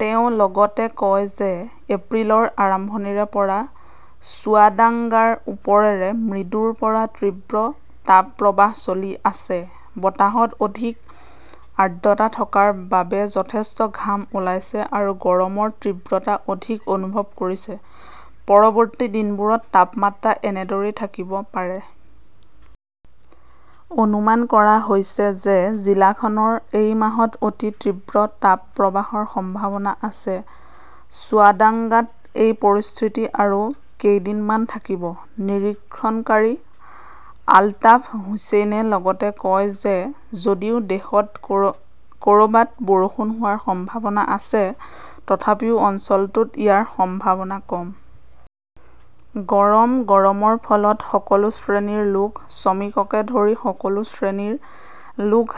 তেওঁ লগতে কয় যে এপ্ৰিলৰ আৰম্ভণিৰে পৰা চুৱাদাংগাৰ ওপৰেৰে মৃদুৰ পৰা তীব্ৰ তাপপ্ৰবাহ চলি আছে। বতাহত অধিক আৰ্দ্ৰতা থকাৰ বাবে যথেষ্ট ঘাম ওলাইছে আৰু গৰমৰ তীব্ৰতা অধিক অনুভৱ কৰিছে। পৰৱৰ্তী দিনবোৰত তাপমাত্ৰা এনেদৰেই থাকিব পাৰে। অনুমান কৰা হৈছে যে জিলাখনৰ এই মাহত অতি তীব্ৰ তাপপ্ৰবাহৰ সম্ভাৱনা আছে। চুৱাদাঙ্গাত এই পৰিস্থিতি আৰু কেইদিনমান থাকিব। নিৰীক্ষণকাৰী আলতাফ হুচেইনে লগতে কয় যে যদিও দেশত ক "ৰবাত বৰষুণ হোৱাৰ সম্ভাৱনা আছে, তথাপিও অঞ্চলটোত ইয়াৰ সম্ভাৱনা কম। গৰম গৰমৰ ফলত সকলো শ্ৰেণীৰ লোক, শ্ৰমিককে ধৰি সকলো শ্ৰেণীৰ লোক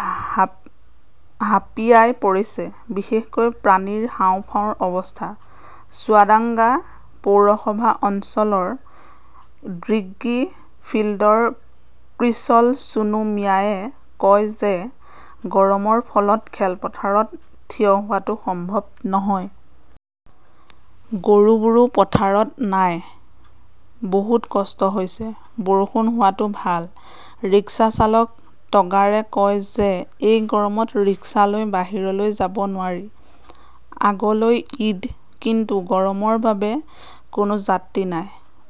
হাঁপিয়াই পৰিছে। বিশেষকৈ প্ৰাণীৰ হাঁওফাঁওৰ অৱস্থা। চুৱাদাঙ্গা পৌৰসভা অঞ্চলৰ ডিগ্ৰী ফিল্ডৰ ক্ৰিচল চুনু মিয়াৱে কয় যে গৰমৰ ফলত খেলপথাৰত থিয় হোৱাটো সম্ভৱ নহয়। গৰুবোৰো পথাৰত নাই। বহুত কষ্ট হৈছে। বৰষুণ হোৱাটো ভাল। ৰিক্সা চালক টগাৰে কয় যে এই গৰমত ৰিক্সা লৈ বাহিৰলৈ যাব নোৱাৰি। আগলৈ ঈদ কিন্তু গৰমৰ বাবে কোনো যাত্ৰী নাই।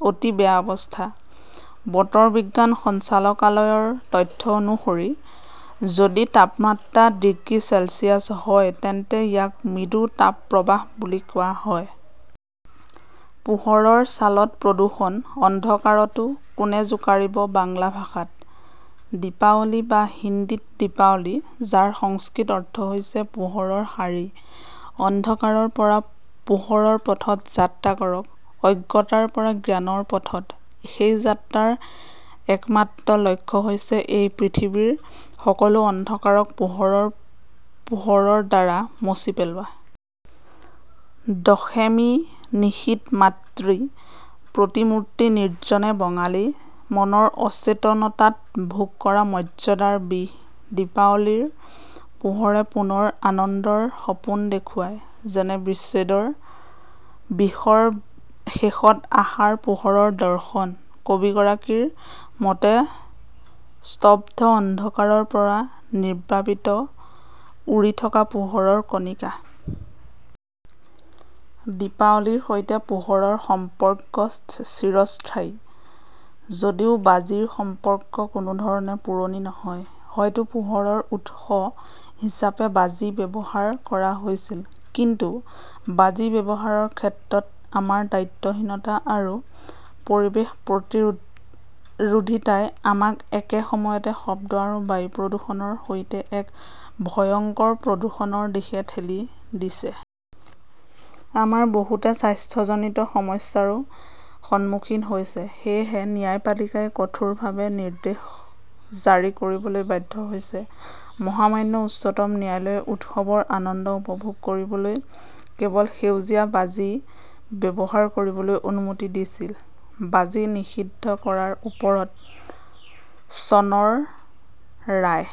অতি বেয়া অৱস্থা। বতৰ বিজ্ঞান সঞ্চালকালয়ৰ তথ্য অনুসৰি, যদি তাপমাত্ৰা ডিগ্ৰী চেলছিয়াছ হয় তেন্তে ইয়াক মৃদু তাপপ্ৰবাহ বুলি কোৱা হয়। পোহৰৰ ছালত প্ৰদূষণ, অন্ধকাৰটো কোনে জোকাৰিব বাংলা ভাষাত "দীপাৱলী" বা হিন্দীত "দীপাৱলী", যাৰ সংস্কৃত অৰ্থ হৈছে "পোহৰৰ শাৰী"। অন্ধকাৰৰ পৰা পোহৰৰ পথত যাত্ৰা কৰক। অজ্ঞতাৰ পৰা জ্ঞানৰ পথত। সেই যাত্ৰাৰ একমাত্ৰ লক্ষ্য হৈছে এই পৃথিৱীৰ সকলো অন্ধকাৰক পোহৰৰ পোহৰৰ দ্বাৰা মচি পেলোৱা। দশেমী নিশিত মাতৃ প্ৰতিমূৰ্তি নিৰ্জনে বঙালী মনৰ অচেতনতাত ভোগ কৰা মৰ্য্যাদাৰ বিষ, দীপাৱলীৰ পোহৰে পুনৰ আনন্দৰ সপোন দেখুৱায়। যেনে বিচ্ছেদৰ বিষৰ শেষত আশাৰ পোহৰৰ দৰ্শন। কবিগৰাকীৰ মতে, 'স্তব্ধ অন্ধকাৰৰ পৰা নিৰ্বাপিত/উৰি থকা পোহৰৰ কণিকা "। দীপাৱলীৰ সৈতে পোহৰৰ সম্পৰ্ক চিৰস্থায়ী যদিও বাজিৰ সম্পৰ্ক কোনো ধৰণে পুৰণি নহয়। হয়তো পোহৰৰ উৎস হিচাপে বাজি ব্যৱহাৰ কৰা হৈছিল। কিন্তু বাজি ব্যৱহাৰৰ ক্ষেত্ৰত আমাৰ দায়িত্বহীনতা আৰু পৰিৱেশ-প্ৰতিৰোধীতাই আমাক একে সময়তে শব্দ আৰু বায়ু প্ৰদূষণৰ সৈতে এক ভয়ংকৰ প্ৰদূষণৰ দিশে ঠেলি দিছে। আমাৰ বহুতে স্বাস্থ্যজনিত সমস্যাৰো সন্মুখীন হৈছে। সেয়েহে ন্যায়পালিকাই কঠোৰভাৱে নিৰ্দেশ জাৰি কৰিবলৈ বাধ্য হৈছে। মহামান্য উচ্চতম ন্যায়ালয়ে উৎসৱৰ আনন্দ উপভোগ কৰিবলৈ কেৱল সেউজীয়া বাজি ব্যৱহাৰ কৰিবলৈ অনুমতি দিছিল, বাজি নিষিদ্ধ কৰাৰ ওপৰত চনৰ ৰায়